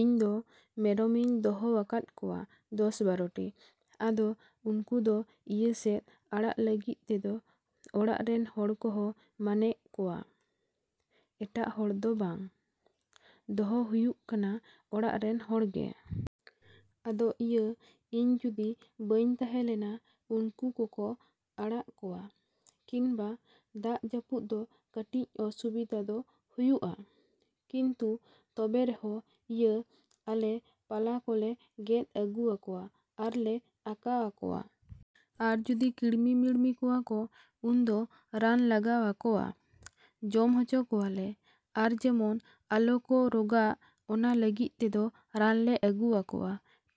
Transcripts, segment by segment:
‎ᱤᱧ ᱫᱚ ᱢᱮᱨᱚᱢ ᱤᱧ ᱫᱚᱦᱚ ᱟᱠᱟᱫ ᱠᱚᱣᱟ ᱫᱚᱥᱼᱵᱟᱨᱚᱴᱤ᱾ ᱟᱫᱚ ᱩᱱᱠᱩ ᱫᱚ ᱤᱭᱟᱹ ᱥᱮᱫ ᱟᱲᱟᱜ ᱞᱟᱹᱜᱤᱫ ᱛᱮᱫᱚ ᱚᱲᱟᱜ ᱨᱮᱱ ᱦᱚᱲ ᱠᱚᱦᱚᱸ ᱢᱟᱱᱮ ᱠᱚᱣᱟ ᱮᱴᱟᱜ ᱦᱚᱲ ᱫᱚ ᱵᱟᱝ, ᱫᱚᱦᱚ ᱦᱩᱭᱩᱜ ᱠᱟᱱᱟ ᱚᱲᱟᱜ ᱨᱮᱱ ᱦᱚᱲ ᱜᱮ᱾ ᱟᱫᱚ ᱤᱭᱟᱹ ᱤᱧ ᱡᱩᱫᱤ ᱵᱟᱹᱧ ᱛᱟᱦᱮᱸ ᱞᱮᱱᱟ ᱩᱱᱠᱩ ᱠᱚᱠᱚ ᱟᱲᱟᱜ ᱠᱚᱣᱟ ᱠᱤᱱᱵᱟ ᱫᱟᱜ ᱡᱟᱹᱯᱩᱫ ᱫᱚ ᱠᱟᱹᱴᱤᱡ ᱚᱥᱩᱵᱤᱫᱷᱟ ᱫᱚ ᱦᱩᱭᱩᱜᱼᱟ᱾ ᱠᱤᱱᱛᱩ ᱛᱚᱵᱮ ᱨᱮᱦᱚᱸ ᱤᱭᱟᱹ ᱟᱞᱮ ᱯᱟᱞᱟ ᱠᱚᱞᱮ ᱜᱮᱫ ᱟᱹᱜᱩ ᱟᱠᱚᱣᱟ ᱟᱨ ᱞᱮ ᱟᱠᱟ ᱟᱠᱚᱣᱟ᱾ ᱟᱨ ᱡᱩᱫᱤ ᱠᱤᱲᱢᱤᱼᱢᱤᱲᱢᱤ ᱠᱚᱣᱟ ᱠᱚ ᱩᱱ ᱫᱚ ᱨᱟᱱ ᱞᱟᱜᱟᱣ ᱟᱠᱚᱣᱟ ᱡᱚᱢ ᱦᱚᱪᱚ ᱠᱚᱣᱟ ᱞᱮ᱾ ᱟᱨ ᱡᱮᱢᱚᱱ ᱟᱞᱚᱠᱚ ᱨᱚᱜᱟᱜ ᱢᱟ ᱚᱱᱟ ᱞᱟᱹᱜᱤᱫ ᱛᱮᱫᱚ ᱨᱟᱱ ᱞᱮ ᱟᱹᱜᱩ ᱟᱠᱚᱣᱟ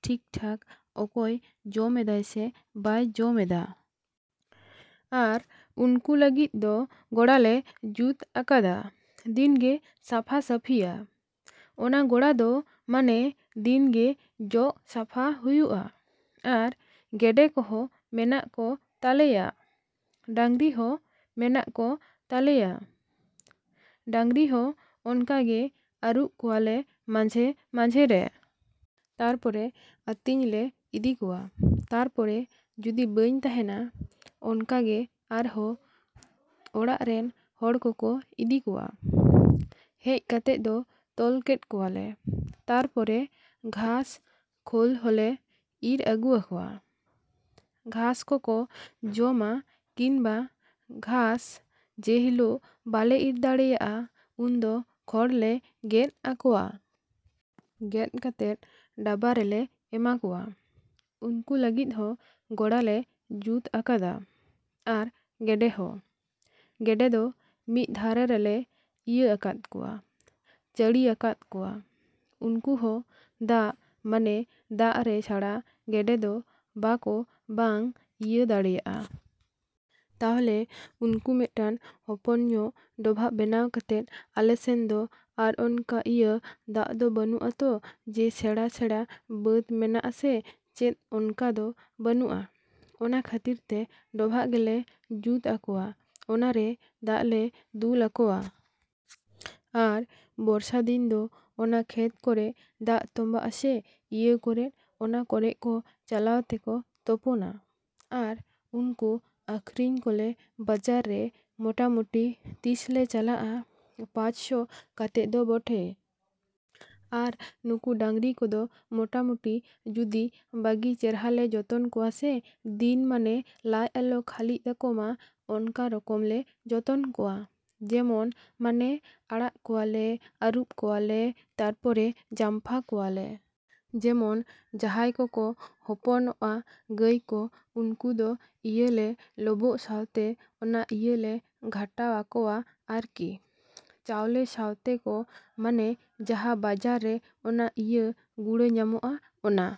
ᱴᱷᱤᱠ ᱴᱷᱟᱠ ᱚᱠᱚᱭ ᱡᱚᱢᱮᱫᱟᱭ ᱥᱮ ᱵᱟᱭ ᱡᱚᱢᱮᱫᱟ᱾ ᱟᱨ ᱩᱱᱠᱩ ᱞᱟᱹᱜᱤᱫ ᱫᱚ ᱜᱚᱲᱟ ᱞᱮ ᱡᱩᱫ ᱟᱠᱟᱫᱼᱟ, ᱫᱤᱱ ᱜᱮ ᱥᱟᱯᱷᱟᱼᱥᱟᱯᱷᱤᱭᱟ᱾ ᱚᱱᱟ ᱜᱚᱲᱟ ᱫᱚ ᱢᱟᱱᱮ ᱫᱤᱱ ᱜᱮ ᱡᱚᱜ ᱥᱟᱯᱷᱟ ᱦᱩᱭᱩᱜᱼᱟ᱾ ᱟᱨ ᱜᱮᱰᱮ ᱠᱚᱦᱚᱸ ᱢᱮᱱᱟᱜ ᱠᱚ ᱛᱟᱞᱮᱭᱟ, ᱰᱟᱝᱨᱤ ᱦᱚᱸ ᱢᱮᱱᱟᱜ ᱠᱚ ᱛᱟᱞᱮᱭᱟ᱾ ᱰᱟᱝᱨᱤ ᱦᱚᱸ ᱚᱱᱠᱟ ᱜᱮ ᱟᱹᱨᱩᱵ ᱠᱚᱣᱟ ᱞᱮ ᱢᱟᱡᱷᱮᱼᱢᱟᱡᱷᱮ ᱨᱮ᱾ ᱛᱟᱨᱯᱚᱨᱮ ᱟᱛᱤᱧ ᱞᱮ ᱤᱫᱤ ᱠᱚᱣᱟ᱾ ᱛᱟᱨᱯᱚᱨᱮ ᱡᱩᱫᱤ ᱵᱟᱹᱧ ᱛᱟᱦᱮᱱᱟ ᱚᱱᱠᱟ ᱜᱮ ᱟᱨᱦᱚᱸ ᱚᱲᱟᱜ ᱨᱤᱱ ᱦᱚᱲ ᱠᱚᱠᱚ ᱤᱫᱤ ᱠᱚᱣᱟ᱾ ᱦᱮᱡ ᱠᱟᱛᱮᱫ ᱫᱚ ᱛᱚᱞ ᱠᱮᱫ ᱠᱚᱣᱟ ᱞᱮ᱾ ᱛᱟᱨᱯᱚᱨᱮ ᱜᱷᱟᱸᱥ ᱠᱷᱚᱞ ᱦᱚᱸ ᱞᱮ ᱤᱨ ᱟᱹᱜᱩᱣᱟ ᱠᱚᱣᱟ, ᱜᱷᱟᱸᱥ ᱠᱚᱠᱚ ᱡᱚᱢᱟ ᱠᱤᱱᱵᱟ ᱜᱷᱟᱸᱥ ᱡᱮ ᱦᱤᱞᱚᱜ ᱵᱟᱞᱮ ᱤᱨ ᱫᱟᱲᱮᱭᱟᱜᱼᱟ ᱩᱱ ᱫᱚ ᱠᱷᱚᱲ ᱞᱮ ᱜᱮᱫ ᱟᱠᱚᱣᱟ᱾ ᱜᱮᱫ ᱠᱟᱛᱮᱫ ᱰᱟᱵᱟ ᱨᱮᱞᱮ ᱮᱢᱟ ᱠᱚᱣᱟ᱾ ᱩᱱᱠᱩ ᱞᱟᱹᱜᱤᱫ ᱦᱚᱸ ᱜᱚᱲᱟ ᱞᱮ ᱡᱩᱫ ᱟᱠᱟᱫᱟ᱾ ᱟᱨ ᱜᱮᱰᱮ ᱦᱚᱸ, ᱜᱮᱰᱮ ᱫᱚ ᱢᱤᱫ ᱫᱷᱟᱨᱮ ᱨᱮᱞᱮ ᱤᱭᱟᱹ ᱟᱠᱟᱫ ᱠᱚᱣᱟ, ᱪᱟᱹᱲᱤ ᱟᱠᱟᱫ ᱠᱚᱣᱟ᱾ ᱩᱱᱠᱩ ᱦᱚᱸ ᱫᱟᱜ ᱢᱟᱱᱮ ᱫᱟᱜ ᱨᱮ ᱪᱷᱟᱲᱟ ᱜᱮᱰᱮ ᱫᱚ ᱵᱟᱠᱚ ᱵᱟᱝ ᱤᱭᱟᱹ ᱫᱟᱲᱮᱭᱟᱜᱼᱟ᱾ ᱛᱟᱦᱚᱞᱮ ᱩᱱᱠᱩ ᱢᱤᱫᱴᱟᱝ ᱦᱚᱯᱚᱱ ᱧᱚᱜ ᱰᱚᱵᱷᱟ ᱵᱮᱱᱟᱣ ᱠᱟᱛᱮᱫ ᱟᱞᱮ ᱥᱮᱱ ᱫᱚ ᱟᱨ ᱚᱱᱠᱟ ᱤᱭᱟᱹ ᱫᱟᱜ ᱫᱚ ᱵᱟᱹᱱᱩᱜᱼᱟ ᱛᱚ ᱡᱮ ᱥᱮᱬᱟᱼᱥᱮᱬᱟ ᱵᱟᱸᱫᱽ ᱢᱮᱱᱟᱜᱼᱟ ᱥᱮ ᱪᱮᱫ ᱚᱱᱠᱟ ᱫᱚ ᱵᱟᱹᱱᱩᱜᱼᱟ᱾ ᱚᱱᱟ ᱠᱷᱟᱹᱛᱤᱨ ᱛᱮ ᱰᱚᱵᱷᱟ ᱜᱮ ᱞᱮ ᱡᱩᱫ ᱟᱠᱚᱣᱟ, ᱚᱱᱟ ᱨᱮ ᱫᱟᱜ ᱞᱮ ᱫᱩᱞ ᱟᱠᱚᱣᱟ᱾ ᱟᱨ ᱵᱚᱨᱥᱟ ᱫᱤᱱ ᱫᱚ ᱚᱱᱟ ᱠᱷᱮᱛ ᱠᱚᱨᱮ ᱫᱟᱜ ᱛᱚᱢᱵᱟᱜᱼᱟ ᱥᱮ ᱤᱭᱟᱹ ᱠᱚᱨᱮ ᱚᱱᱟ ᱠᱚᱨᱮ ᱠᱚ ᱪᱟᱞᱟᱜ ᱛᱮᱠᱚ ᱛᱚᱯᱳᱱᱼᱟ᱾ ᱟᱨ ᱩᱱᱠᱩ ᱟᱠᱷᱨᱤᱧ ᱠᱚ ᱞᱮ ᱵᱟᱡᱟᱨ ᱨᱮ ᱢᱚᱴᱟᱼᱢᱚᱴᱤ ᱛᱤᱥ ᱞᱮ ᱪᱟᱞᱟᱜᱼᱟ ᱯᱟᱪ ᱥᱚ ᱠᱟᱛᱮᱫ ᱫᱚ ᱵᱚᱴᱷᱮ᱾ ᱟᱨ ᱱᱩᱠᱩ ᱰᱟᱝᱨᱤ ᱠᱚᱫᱚ ᱢᱚᱴᱟᱼᱢᱚᱴᱤ ᱡᱩᱫᱤ ᱵᱟᱜᱤ ᱪᱮᱨᱦᱟ ᱞᱮ ᱡᱚᱛᱚᱱ ᱠᱚᱣᱟ ᱥᱮ ᱫᱤᱱ ᱢᱟᱱᱮ ᱞᱟᱡ ᱟᱞᱚ ᱠᱷᱟᱹᱞᱤ ᱛᱟᱠᱚ ᱢᱟ ᱚᱱᱠᱟ ᱨᱚᱠᱚᱢ ᱞᱮ ᱡᱚᱛᱚᱱ ᱠᱚᱣᱟ ᱡᱮᱢᱚᱱ ᱢᱟᱱᱮ ᱟᱲᱟᱜ ᱠᱚᱣᱟ ᱞᱮ, ᱟᱹᱨᱩᱵ ᱠᱚᱣᱟ ᱞᱮ, ᱛᱟᱨᱯᱚᱨᱮ ᱡᱟᱢᱯᱟ ᱠᱚᱣᱟ ᱞᱮ᱾ ᱡᱮᱢᱚᱱ ᱡᱟᱦᱟᱭ ᱠᱚᱠᱚ ᱦᱚᱯᱚᱱᱚᱜᱼᱟ ᱜᱟᱭ ᱠᱚ ᱩᱱᱠᱩ ᱫᱚ ᱤᱭᱟᱹ ᱞᱮ ᱞᱚᱵᱚᱜ ᱥᱟᱶᱛᱮ ᱚᱱᱟ ᱤᱭᱟᱹ ᱞᱮ ᱜᱷᱟᱴᱟ ᱟᱠᱚᱣᱟ ᱟᱨ ᱠᱤ᱾ ᱪᱟᱣᱞᱮ ᱥᱟᱶᱛᱮ ᱠᱚ ᱢᱟᱱᱮ ᱡᱟᱦᱟᱸ ᱵᱟᱡᱟᱨ ᱨᱮ ᱚᱱᱟ ᱤᱭᱟᱹ ᱜᱩᱲᱟ. ᱧᱟᱢᱚᱜ ᱟ ᱚᱱᱟ ᱾